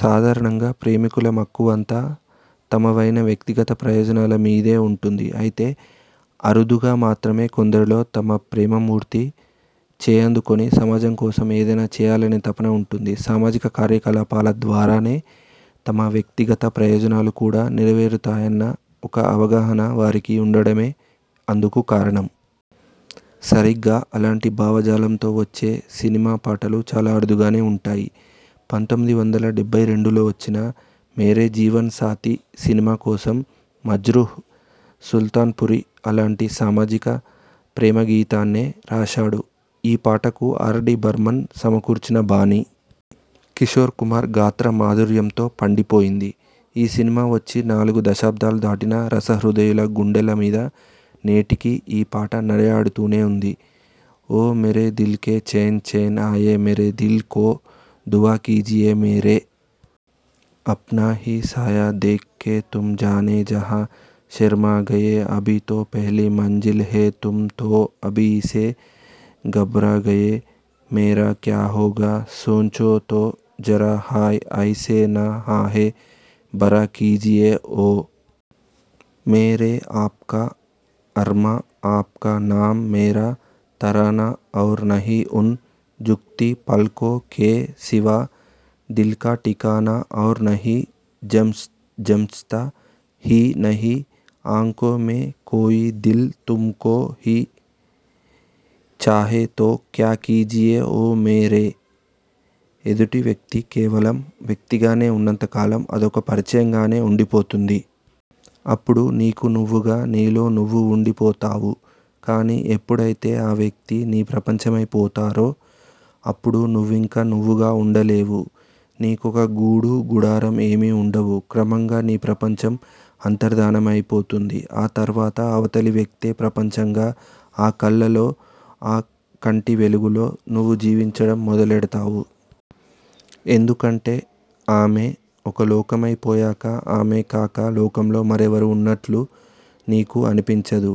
సాధారణంగా ప్రేమికుల మక్కువంతా తమవైన వ్యక్తిగత ప్రయోజనాల మీదే ఉంటుంది. అయితే, అరుదుగా మాత్రమే కొందరిలో తన ప్రేమ మూర్తి చేయందుకుని సమాజం కోసం ఏదైనా చేయాలనే తపన ఉంటుంది. సామాజిక కార్య కలాపాల ద్వారానే తమ వ్యక్తిగత ప్రయోజనాలు కూడా నెర వేరతాయన్న ఒక అవగాహన వారికి ఉండడమే అందుకు కారణం. సరిగ్గా అలాంటి భావ జాలంతో వచ్చే సినిమా పాటలు చాలా అరుదుగానే ఉంటాయి. పంతొమ్మిది వందల డెబ్బై రెండులో వచ్చిన 'మేరే జీవన్ సాథీ' సినిమా కోసం మజ్రూహ్ సుల్తాన్పురి అలాంటి సామాజిక ప్రేమ గీతాన్నే రాశాడు. ఈ పాటకు ఆర్. డి బర్మన్ సమకూర్చిన బాణీ.. కిశోర్ కుమార్ గాత్ర మాధుర్యంతో పండిపోయింది. ఈ సినిమా వచ్చి నాలుగు దశాబ్దాలు దాటినా రస హృదయుల గుండెల మీద నేటికీ ఈ పాట నడయాడుతూనే ఉంది. ఓ మేరే దిల్ కే చైన్ చైన్ ఆయే మేరే దిల్ కో దువా కీజియే మేరే అప్నా హీ సాయా దేఖ్ కే తుమ్ జానె జహా శర్మాగయే అభీ తో పహ్లీ మంజిల్ హై తుమ్ తో అభీ సే ఘబ్రాగయే మేరా క్యా హోగా, సోంచో తో జరా హాయ్ ఐసే న ఆహేఁ భరా కీజియే / ఓ మేరే ఆప్కా అర్మా ఆప్కా నామ్ మేరా తరానా ఔర్ నహీ ఉన్ ఝుక్తీ పల్కో కే సివా దిల్ కా టికానా ఔర్ నహీ జంచ్తా he Nahi ఆంఖో May కోయీ Dil తుమ్కో he చాహే తో క్యా కీజియే ఓ మేరే ఎదుటి వ్యక్తి కేవలం వ్యక్తిగానే ఉన్నంత కాలం, అదొక పరిచయంగానే ఉండి పోతుంది. అప్పుడు నీకు నువ్వుగా, నీలో నువ్వు ఉండి పోతావు. కానీ, ఎప్పుడైతే ఆ వ్యక్తి నీ ప్రపంచమై పోతారో అప్పుడు నువ్వింక నువ్వుగా ఉండలేవు. నీకొక గూడూ గుడారం ఏమీ ఉండవు. క్రమంగా నీ ప్రపంచం అంతర్థానమైపోతుంది. ఆ తర్వాత అవతలి వ్యక్తే ప్రపంచంగా ఆ కళ్లల్లో, ఆ కంటి వెలుగుల్లో నువ్వు జీవించడం మొదలెడతావు. ఎందుకంటే ఆమె ఒక లోకమై పోయాక ఆమె కాక లోకంలో మరెవరూ ఉన్నట్లు నీకు అనిపించదు.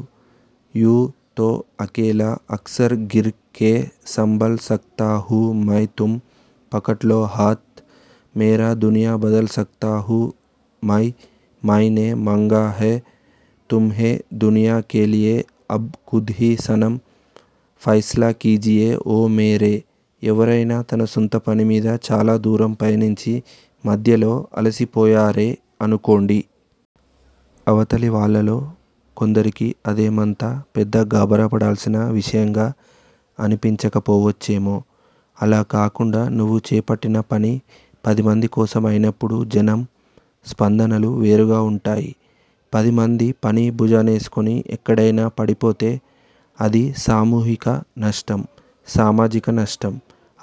యూ తో అకేలా అక్సర్ గిర్ కే సంభల్ సక్తా హు మై తుమ్ పకడ్లో హాథ్ మేరా దునియా బదల్ సక్తా హు మై మైనే మాంగా హై తుమ్హే దునియా కే లియే అభ్ ఖుద్ హీ సనమ్ ఫైస్లా కీజియే ఓ మేరే ఎవరైనా తన సొంత పని మీద చాలా దూరం పయనించి మధ్యలో అలసిపోయారే అనుకోండి. అవతలి వాళ్లల్లో కొందరికి అదేమంత పెద్ద గాబరా పడాల్సిన విషయంగా అనిపించకపోవచ్చేమో! అలా కాకుండా నువ్వు చేపట్టిన పని పదిమంది కోసం అయినప్పుడు జనం స్పందనలు వేరుగా ఉంటాయి. పదిమంది పని భుజా నేసుకుని ఎక్కడైనా పడిపోతే అది సామూహిక నష్టం, సామాజిక నష్టం.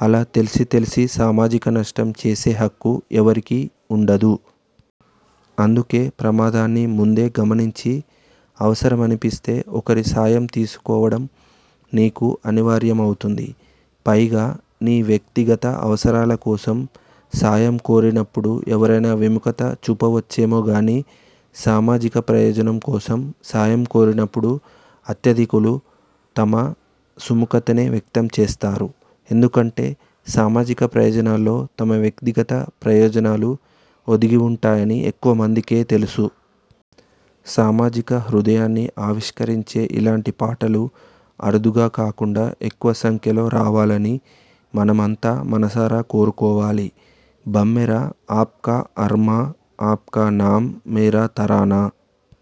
అలా తెలిసి తెలిసి సామాజిక నష్టం చేసే హక్కు ఎవరికీ ఉండదు. అందుకే ప్రమాదాన్ని ముందే గమనించి అవసరమనిపిస్తే ఒకరి సాయం తీసుకోవడం నీకు అనివార్య మవుతుంది. పైగా నీ వ్యక్తిగత అవసరాల కోసం సాయం కోరినప్పుడు ఎవరైనా విముఖత చూపవచ్చేమో గానీ, సామాజిక ప్రయోజనం కోసం సాయం కోరినప్పుడు అత్యధికులు తమ సుముఖతనే వ్యక్తం చేస్తారు. ఎందుకంటే సామాజిక ప్రయోజనాల్లో తమ వ్యక్తిగత ప్రయోజనాలు ఒదిగి ఉంటాయని ఎక్కువ మందికే తెలుసు. సామాజిక హృదయాన్ని ఆవిష్కరించే ఇలాంటి పాటలు అరుదుగా కాకుండా ఎక్కువ సంఖ్యలో రావాలని మనమంతా మనసారా కోరుకోవాలి. బమ్మెర ఆప్కా అర్మా ఆప్కా నామ్ మేరా తరానా